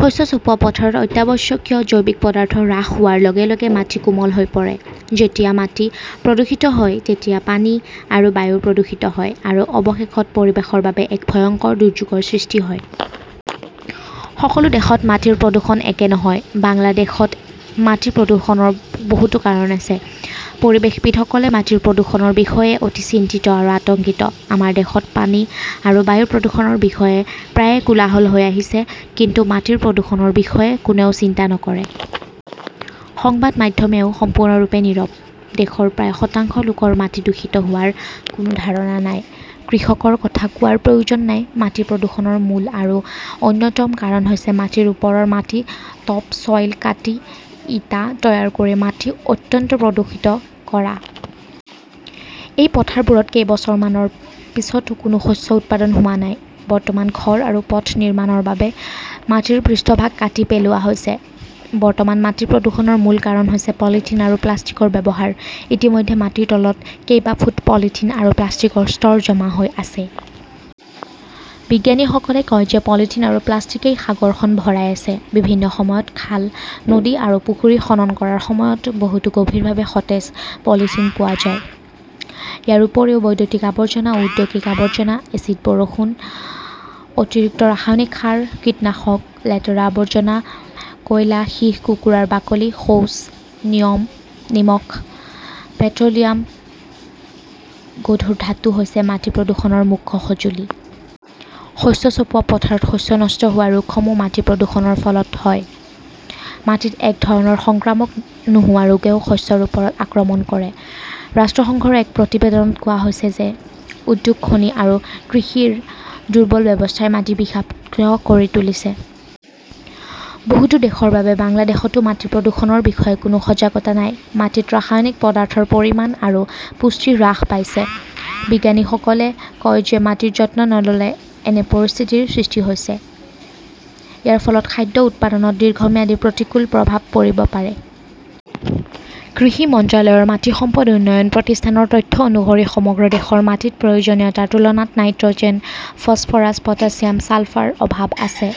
শস্য চপোৱা পথাৰত অত্যাৱশ্যকীয় জৈৱিক পদাৰ্থ হ্ৰাস হোৱাৰ লগে লগে মাটি কোমল হৈ পৰে। যেতিয়া মাটি প্ৰদূষিত হয় তেতিয়া পানী আৰু বায়ু প্ৰদূষিত হয় আৰু অৱশেষত পৰিৱেশৰ বাবে এক ভয়ংকৰ দুৰ্যোগৰ সৃষ্টি হয়। সকলো দেশত মাটিৰ প্ৰদূষণ একে নহয়। বাংলাদেশত মাটি প্ৰদূষণৰ বহুতো কাৰণ আছে। পৰিৱেশবিদসকলে মাটিৰ প্ৰদূষণৰ বিষয়ে অতি চিন্তিত আৰু আতংকিত। আমাৰ দেশত পানী আৰু বায়ু প্ৰদূষণৰ বিষয়ে প্ৰায়ে কোলাহল হৈ আহিছে। কিন্তু মাটিৰ প্ৰদূষণৰ বিষয়ে কোনেও চিন্তা নকৰে। সংবাদ মাধ্যমেও সম্পূৰ্ণৰূপে নীৰৱ। দেশৰ প্ৰায় শতাংশ লোকৰ মাটি দূষিত হোৱাৰ কোনো ধাৰণা নাই। কৃষকৰ কথা কোৱাৰ প্ৰয়োজন নাই। মাটি প্ৰদূষণৰ মূল আৰু অন্যতম কাৰণ হৈছে মাটিৰ ওপৰৰ মাটি 'টপ চ'ইল কাটি ইটা তৈয়াৰ কৰি মাটি অত্যন্ত প্ৰদূষিত কৰা। এই পথাৰবোৰত কেইবছৰমানৰ পিছতো কোনো শস্য উৎপাদন হোৱা নাই। বৰ্তমান ঘৰ আৰু পথ নিৰ্মাণৰ বাবে মাটিৰ পৃষ্ঠভাগ কাটি পেলোৱা হৈছে। বৰ্তমান মাটি প্ৰদূষণৰ মূল কাৰণ হৈছে পলিথিন আৰু প্লাষ্টিকৰ ব্যৱহাৰ। ইতিমধ্যে মাটিৰ তলত কেইবা ফুট পলিথিন আৰু প্লাষ্টিকৰ স্তৰ জমা হৈ আছে। বিজ্ঞানীসকলে কয় যে পলিথিন আৰু প্লাষ্টিকেই সাগৰখন ভৰাই আছে। বিভিন্ন সময়ত খাল, নদী আৰু পুখুৰী খনন কৰাৰ সময়ত বহুতো গভীৰভাৱে সতেজ পলিথিন পোৱা যায়। ইয়াৰ উপৰিও বৈদ্যুতিক আৱৰ্জনা, ঔদ্যোগিক আৱৰ্জনা, এচিড বৰষুণ, অতিৰিক্ত ৰাসায়নিক সাৰ, কীটনাশক, লেতেৰা আৱৰ্জনা, কয়লা, সীহ, কুকুৰাৰ বাকলি, শৌচ, নিমখ, পেট্ৰ'লিয়াম, গধুৰ ধাতু হৈছে মাটি প্ৰদূষণৰ মুখ্য সঁজুলি। শস্য চপোৱা পথাৰত শস্য নষ্ট হোৱা ৰোগসমূহ মাটি প্ৰদূষণৰ ফলত হয়। মাটিত এক ধৰণৰ সংক্ৰামক নোহোৱা ৰোগেও শস্যৰ ওপৰত আক্ৰমণ কৰে। ৰাষ্ট্ৰসংঘৰ এক প্ৰতিবেদনত কোৱা হৈছে যে উদ্যোগ, খনি আৰু কৃষিৰ দুৰ্বল ব্যৱস্থাই মাটি বিষাক্ত কৰি তুলিছে। বহুতো দেশৰ দৰে বাংলাদেশতো মাটি প্ৰদূষণৰ বিষয়ে কোনো সজাগতা নাই। মাটিত ৰাসায়নিক পদাৰ্থৰ পৰিমাণ আৰু পুষ্টি হ্ৰাস পাইছে। বিজ্ঞানীসকলে কয় যে মাটিৰ যত্ন নল'লে এনে পৰিস্থিতিৰ সৃষ্টি হৈছে। ইয়াৰ ফলত খাদ্য উৎপাদনত দীৰ্ঘম্যাদী প্ৰতিকূল প্ৰভাৱ পৰিব পাৰে। কৃষি মন্ত্ৰালয়ৰ মাটি সম্পদ উন্নয়ন প্ৰতিষ্ঠানৰ তথ্য অনুসৰি সমগ্ৰ দেশৰ মাটিত প্ৰয়োজনীয়তাৰ তুলনাত নাইট্ৰ'জেন, ফছফৰাছ, পটাছিয়াম, ছালফাৰ অভাৱ আছে।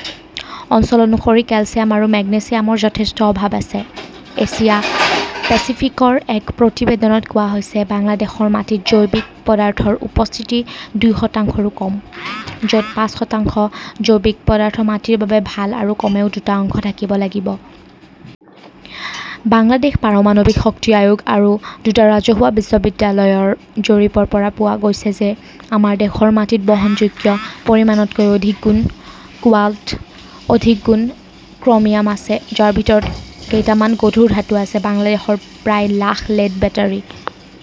অঞ্চল অনুসৰি কেলচিয়াম আৰু মেগনেছিয়ামৰ যথেষ্ট অভাৱ আছে। এছিয়া পেচিফিকৰ এক প্ৰতিবেদনত কোৱা হৈছে, বাংলাদেশৰ মাটিত জৈৱিক পদাৰ্থৰ উপস্থিতি দুই শতাংশৰো কম, য 'ত পাঁচ শতাংশ জৈৱিক পদাৰ্থ মাটিৰ বাবে ভাল আৰু কমেও দুটা অংশ থাকিব লাগিব। বাংলাদেশ পাৰমাণৱিক শক্তি আয়োগ আৰু দুটা ৰাজহুৱা বিশ্ববিদ্যালয়ৰ জৰীপৰ পৰা পোৱা গৈছে যে আমাৰ দেশৰ মাটিত বহনযোগ্য পৰিমাণতকৈ অধিক গুণ কোৱাল্ট, অধিক গুণ ক্ৰমিয়াম আছে, যাৰ ভিতৰত কেইটামান গধুৰ ধাতু আছে। বাংলাদেশৰ প্ৰায় লাখ লেড বেটাৰী